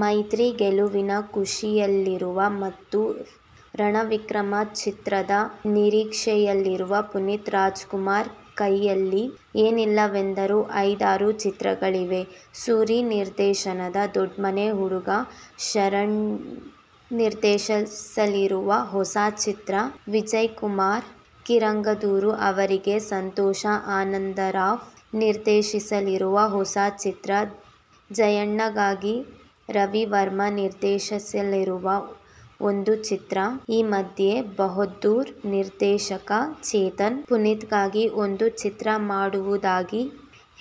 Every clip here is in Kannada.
"ಮೈತ್ರಿ' ಗೆಲುವಿನ ಖುಷಿಯಲ್ಲಿರುವ ಮತ್ತು "ರಣವಿಕ್ರಮ' ಚಿತ್ರದ ನಿರೀಕ್ಷೆಯಲ್ಲಿರುವ ಪುನೀತ್ ರಾಜ್ಕುಮಾರ್ ಕೈಯಲ್ಲಿ ಏನಿಲ್ಲವೆಂದರೂ ಐದಾರು ಚಿತ್ರಗಳಿವೆ. ಸೂರಿ ನಿರ್ದೇಶನದ "ದೊಡ್ಮನೆ ಹುಡುಗ', ಶರವಣನ್ ನಿರ್ದೇಶಿಸಲಿರುವ ಹೊಸ ಚಿತ್ರ, ವಿಜಯ್ಕುಮಾರ್ ಕಿರಂಗದೂರು ಅವರಿಗೆ ಸಂತೋಷ್ ಆನಂದರಾಮ್ ನಿರ್ದೇಶಿಸಲಿರುವ ಹೊಸ ಚಿತ್ರ, ಜಯಣ್ಣಗಾಗಿ ರವಿವರ್ಮ ನಿರ್ದೇಶಿಸಲಿರುವ ಒಂದು ಚಿತ್ರ, ಈ ಮಧ್ಯೆ "ಬಹದ್ದೂರ್' ನಿರ್ದೇಶಕ ಚೇತನ್, ಪುನೀತ್ಗಾಗಿ ಒಂದು ಚಿತ್ರ ಮಾಡುವುದಾಗಿ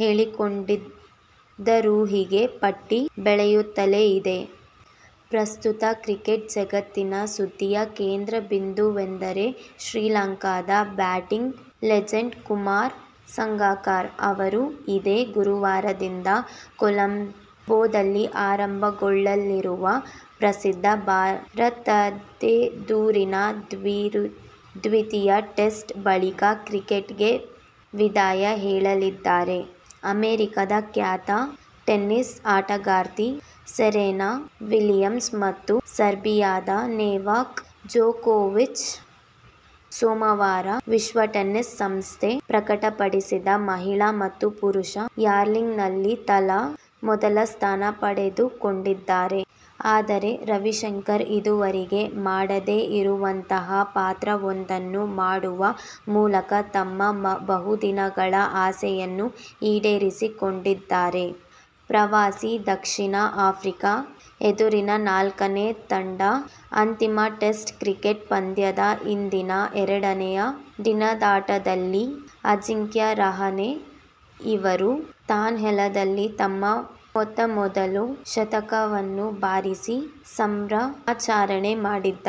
ಹೇಳಿಕೊಂಡಿದ್ದರುಹೀಗೆ ಪಟ್ಟಿ ಬೆಳೆಯುತ್ತಲೇ ಇದೆ. ಪ್ರಸ್ತುತ ಕ್ರಿಕೆಟ್ ಜಗತ್ತಿನ ಸುದ್ದಿಯ ಕೇಂದ್ರಬಿಂದುವೆಂದರೆ ಶ್ರೀಲಂಕಾದ ಬ್ಯಾಟಿಂಗ್ ಲೆಜೆಂಡ್ ಕುಮಾರ ಸಂಗಕ್ಕರ. ಅವರು ಇದೇ ಗುರುವಾರದಿಂದ ಕೊಲಂಬೋದಲ್ಲಿ ಆರಂಭಗೊಳ್ಳಲಿರುವ ಪ್ರವಾಸಿ ಭಾರತದೆದುರಿನ ದ್ವಿತೀಯ ಟೆಸ್ಟ್ ಬಳಿಕ ಕ್ರಿಕೆಟಿಗೆ ವಿದಾಯ ಹೇಳಲಿದ್ದಾರೆ. ಅಮೆರಿಕದ ಖ್ಯಾತ ಟೆನಿಸ್ ಆಟಗಾರ್ತಿ ಸೆರೆನಾ ವಿಲಿಯಮ್ಸ್ ಮತ್ತು ಸರ್ಬಿಯಾದ ನೊವಾಕ್ ಜೋಕೋವಿಚ್, ಸೋಮವಾರ ವಿಶ್ವ ಟೆನ್ನಿಸ್ ಸಂಸ್ಥೆ ಪ್ರಕಟಪಡಿಸಿದ ಮಹಿಳಾ ಮತ್ತು ಪುರುಷರ ರ್ಯಾಂಕಿಂಗ್ನಲ್ಲಿ ತಲಾ ಮೊದಲ ಸ್ಥಾನ ಪಡೆದುಕೊಂಡಿದ್ದಾರೆ. ಆದರೆ, ರವಿಶಂಕರ್ ಇದುವರೆಗೆ ಮಾಡದೇ ಇರುವಂತಹ ಪಾತ್ರವೊಂದನ್ನು ಮಾಡುವ ಮೂಲಕ ತಮ್ಮ ಬಹುದಿನಗಳ ಆಸೆಯನ್ನು ಈಡೇರಿಸಿಕೊಂಡಿದ್ದಾರೆ. ಪ್ರವಾಸಿ ದಕ್ಷಿಣ ಆಫ್ರಿಕ ಎದುರಿನ ನಾಲ್ಕನೇ ತಥಾ ಅಂತಿಮ ಟೆಸ್ಟ್ ಕ್ರಿಕೆಟ್ ಪಂದ್ಯದ ಇಂದಿನ ಎರಡನೇ ದಿನದಾಟದಲ್ಲಿ ಅಜಿಂಕ್ಯ ರಹಾನೆ ಅವರು ತಾಯ್ನೆಲದಲ್ಲಿ ತಮ್ಮ ಮೊತ್ತ ಮೊದಲ ಶತಕವನ್ನು ಬಾರಿಸಿ ಸಂಭ್ರಮಾಚರಣೆ ಮಾಡಿದ್ದಾರೆ.